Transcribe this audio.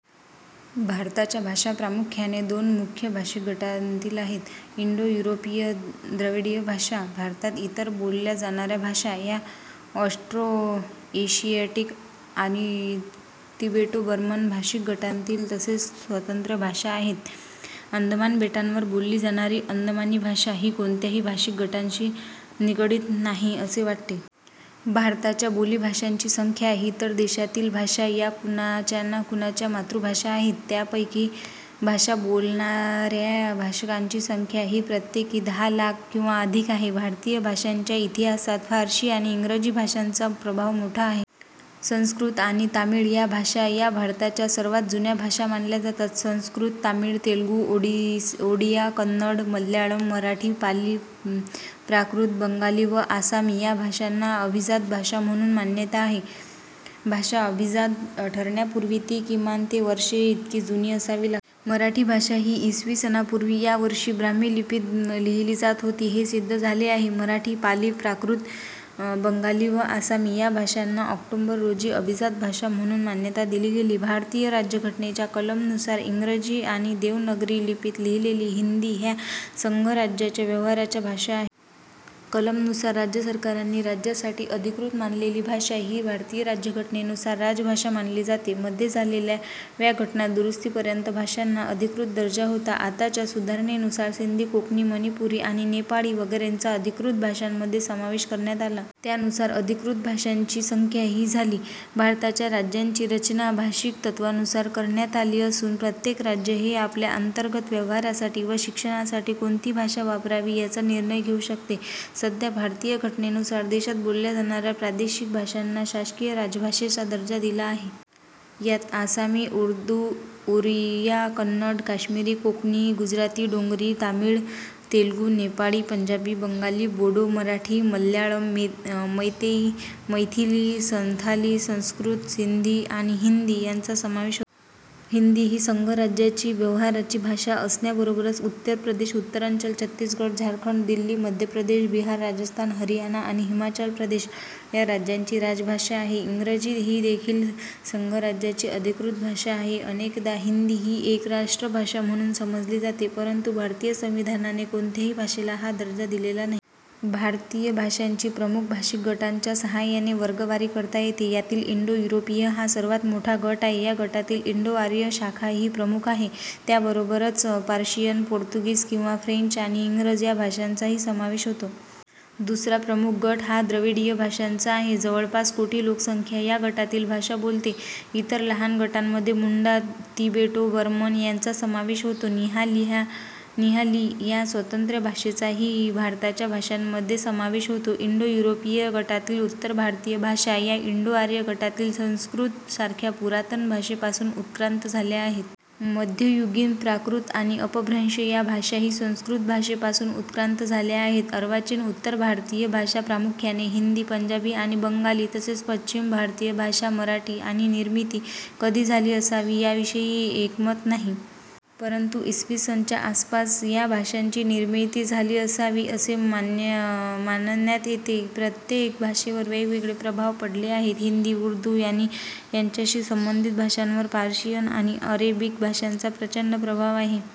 भारताच्या भाषा प्रामुख्याने दोन मुख्य भाषिक गटांतील आहेत.. इंडो-युरोपीय. द्रविडीय भाषा. भारतात इतर बोलल्या जाणाऱ्या भाषा या ऑस्ट्रो-एशियाटिक आणि तिबेटो-बर्मन भाषिक गटांतील तसेच स्वतंत्र भाषा आहेत. अंदमान बेटांवर बोलली जाणारी अंदमानी भाषा ही कोणत्याही भाषिक गटांशी निगडित नाही असे वाटते. भारताच्या बोलीभाषांची संख्या ही, तर देशातील भाषा या कुणाच्याना कुणाच्या मातृभाषा आहेत. त्यांपैकी भाषा बोलणाऱ्या भाषकांची संख्या ही प्रत्येकी दहा लाख किंवा अधिक आहे. भारतीय भाषांच्या इतिहासात फारसी आणि इंग्रजी भाषांचा प्रभाव मोठा आहे. संस्कृत आणि तमिळ या भाषा या भारताच्या सर्वांत जुन्या भाषा मानल्या जातात. संस्कृत, तमिळ, तेलुगू, ओडिया, कन्नड, मल्याळम, मराठी, पाली, प्राकृत, बंगाली व आसामी या भाषांना अभिजात भाषा म्हणून मान्यता आहे. भाषा अभिजात ठरण्यापूर्वी ती किमान ते वर्षे इतकी जुनी असावी लागते. मराठी भाषा ही इसवी सनापूर्वी या वर्षी ब्राह्मी लिपीत लिहिली जात होती हे सिद्ध झाले आहे. मराठी, पाली, प्राकृत, बंगाली व आसामी या भाषांना ऑक्टोबर रोजी अभिजात भाषा म्हणून मान्यता दिली गेली. भारतीय राज्यघटनेच्या कलम नुसार इंग्रजी आणि देवनागरी लिपीत लिहिलेली हिंदी ह्या संघराज्याच्या व्यवहाराच्या भाषा आहेत. कलम नुसार राज्यसरकारांनी राज्यासाठी अधिकृत मानलेली भाषा ही भारतीय राज्यघटनेनुसार राजभाषा मानली जाते. मध्ये झालेल्या व्या घटना दुरुस्तीपर्यंत भाषांना अधिकृत दर्जा होता. आताच्या सुधारणेनुसार सिंधी, कोंकणी, मणीपुरी आणि नेपाळी वगैरेंचा अधिकृत भाषांमध्ये समावेश करण्यात आला. त्यानुसार अधिकृत भाषांची संख्या ही झाली. भारताच्या राज्यांची रचना भाषिक तत्त्वानुसार करण्यात आली असून प्रत्येक राज्य हे आपल्या अंतर्गत व्यवहारासाठी व शिक्षणासाठी कोणती भाषा वापरावी याचा निर्णय घेऊ शकते. सध्या भारतीय घटनेनुसार देशात बोलल्या जाणाऱ्या प्रादेशिक भाषांना शासकीय राजभाषेचा दर्जा दिला आहे. यांत आसामी, उर्दू, ओरिया, कन्नड, काश्मिरी, कोंकणी, गुजराती, डोगरी, तमिळ, तेलुगू, नेपाळी, पंजाबी, बंगाली, बोडो, मराठी, मल्याळम, मैतेई, मैथिली, संथाली, संस्कृत, सिंधी, आणि हिंदी, यांचा समावेश होतो. हिंदी ही संघराज्याची व्यवहाराची भाषा असण्याबरोबरच उत्तर प्रदेश, उत्तरांचल, छत्तीसगढ, झारखंड, दिल्ली, मध्य प्रदेश, बिहार, राजस्थान, हरियाणा आणि हिमाचल प्रदेश या राज्यांची राजभाषा आहे. इंग्रजी ही देखील संघराज्याची अधिकृत भाषा आहे. अनेकदा हिंदी ही एक राष्ट्रभाषा म्हणून समजली जाते परंतु भारतीय संविधानाने कोणत्याही भाषेला हा दर्जा दिलेला नाही. भारतीय भाषांची प्रमुख भाषिक गटांच्या साहाय्याने वर्गवारी करता येते. यातील इंडो-यूरोपीय हा सर्वांत मोठा गट आहे. या गटातील इंडो-आर्य शाखा ही प्रमुख आहे.. त्याबरोबरच पर्शियन, पोर्तुगीज किंवा फ्रेंच आणि इंग्रजी या भाषांचाही समावेश होतो. दुसरा प्रमुख गट हा द्रविडीय भाषांचा आहे. जवळपास कोटी लोकसंख्या या गटातील भाषा बोलते. इतर लहान गटांमध्ये मुंडा, तिबेटो-बर्मन यांचा समावेश होतो. निहाली या स्वतंत्र भाषेचाही भारताच्या भाषांमध्ये समावेश होतो. इंडो-युरोपीय गटातील उत्तर भारतीय भाषा या इंडो-आर्य गटातील संस्कृत सारख्या पुरातन भाषेपासून उत्क्रांत झाल्या आहेत. मध्ययुगीन प्राकृत आणि अपभ्रंश या भाषाही संस्कृत भाषेपासून उत्क्रांत झाल्या आहेत. अर्वाचीन उत्तर भारतीय भाषा प्रामुख्याने हिंदी, पंजाबी आणि बंगाली तसेच पश्चिम भारतीय भाषा मराठी यांची निर्मिती कधी झाली असावी याविषयी एकमत नाही. परंतु इ. स. च्या आसपास या भाषांची निर्मिती झाली असावी असे मानण्यात येते. प्रत्येक भाषेवर वेगवेगळे प्रभाव पडले आहेत. हिंदी/उर्दू आणि त्याच्याशी संबंधित भाषांवर पर्शियन आणि अरेबिक भाषांचा प्रचंड प्रभाव आहे.